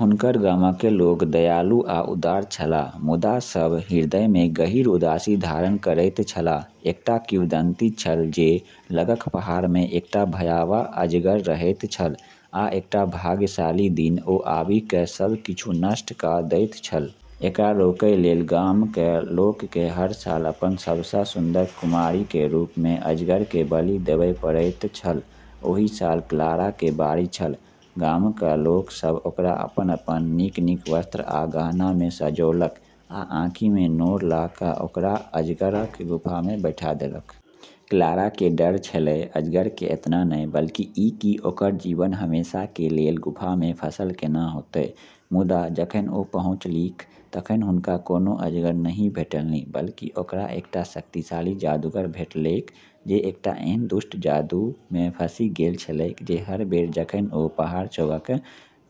हुनकर गामक लोक दयालु आ उदार छलाह, मुदा सब हृदय मे गहींर उदासी धारण करैत छलाह। एकटा किंवदंती छल जे लगक पहाड़ मे एकटा भयावह अजगर रहैत छल, आ एकटा भाग्यशाली दिन, ओ आबि कऽ सब किछु नष्ट कऽ दैत छल । एकरा रोकय लेल गामक लोक के हर साल अपन सबसँ सुन्दर कुमारि के रूप मे अजगर के बलि देबय पड़ैत छल ओहि साल क्लारा के बारी छल। गामक लोक सभ ओकरा अपन-अपन नीक-नीक वस्त्र आ गहना मे सजौलक आ आँखि मे नोर लऽ कऽ ओकरा अजगरक गुफा मे पठा देलक। क्लारा के डर छेलै, अजगर के एतना नै, बल्कि ई कि ओकरऽ जीवन हमेशा के लेलऽ गुफा में फंसलऽ केना होतै। मुदा जखन ओ पहुँचलीह तखन हुनका कोनो अजगर नहि भेटलनि। बल्कि ओकरा एकटा शक्तिशाली जादूगर भेटलैक, जे एकटा एहन दुष्ट जादू मे फँसि गेल छलैक जे हर बेर जखन ओ पहाड़ छोड़बाक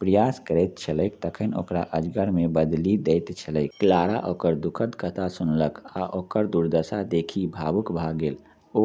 प्रयास करैत छलैक तखन ओकरा अजगर मे बदलि दैत छलैक। क्लारा ओकर दुखद कथा सुनलक आ ओकर दुर्दशा देखि भावुक भऽ गेल। ओ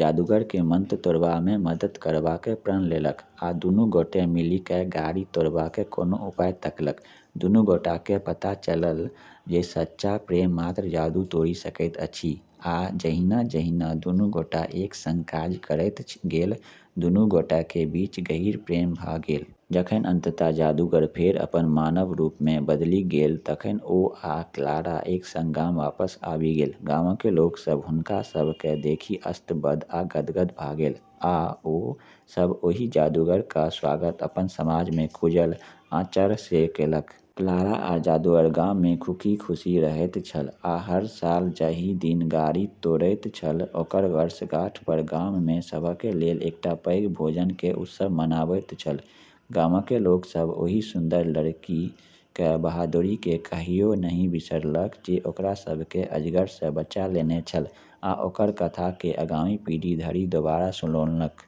जादूगर केँ मंत्र तोड़बा मे मदद करबाक प्रण लेलक आ दुनू गोटे मिलिकय गारि तोड़बाक कोनो उपाय तकलक। दुनू गोटेकेँ पता चलल जे सच्चा प्रेम मात्र जादू तोड़ि सकैत अछि, आ जहिना-जहिना दुनू गोटे एक संग काज करैत गेल, दुनू गोटेक बीच गहींर प्रेम भऽ गेल। जखन अंततः जादूगर फेर अपन मानव रूप मे बदलि गेल तखन ओ आ क्लारा एक संग गाम वापस आबि गेल। गामक लोक सभ हुनका सभकेँ देखि स्तब्ध आ गदगद भऽ गेल, आ ओ सभ ओहि जादूगरक स्वागत अपन समाजमे खुजल आँचरसँ केलक। क्लारा आ जादूगर गाम मे खुखी-खुशी रहैत छल, आ हर साल, जाहि दिन गारि तोड़ैत छल, ओकर वर्षगांठ पर गाम मे सबहक लेल एकटा पैघ भोज के उत्सव मनाबैत छल। गामक लोक सभ ओहि सुन्दर लड़कीक बहादुरी केँ कहियो नहि बिसरलक जे ओकरा सभ केँ अजगर सँ बचा लेने छल, आ ओकर कथा केँ आगामी पीढ़ी धरि दोबारा सुनौलक।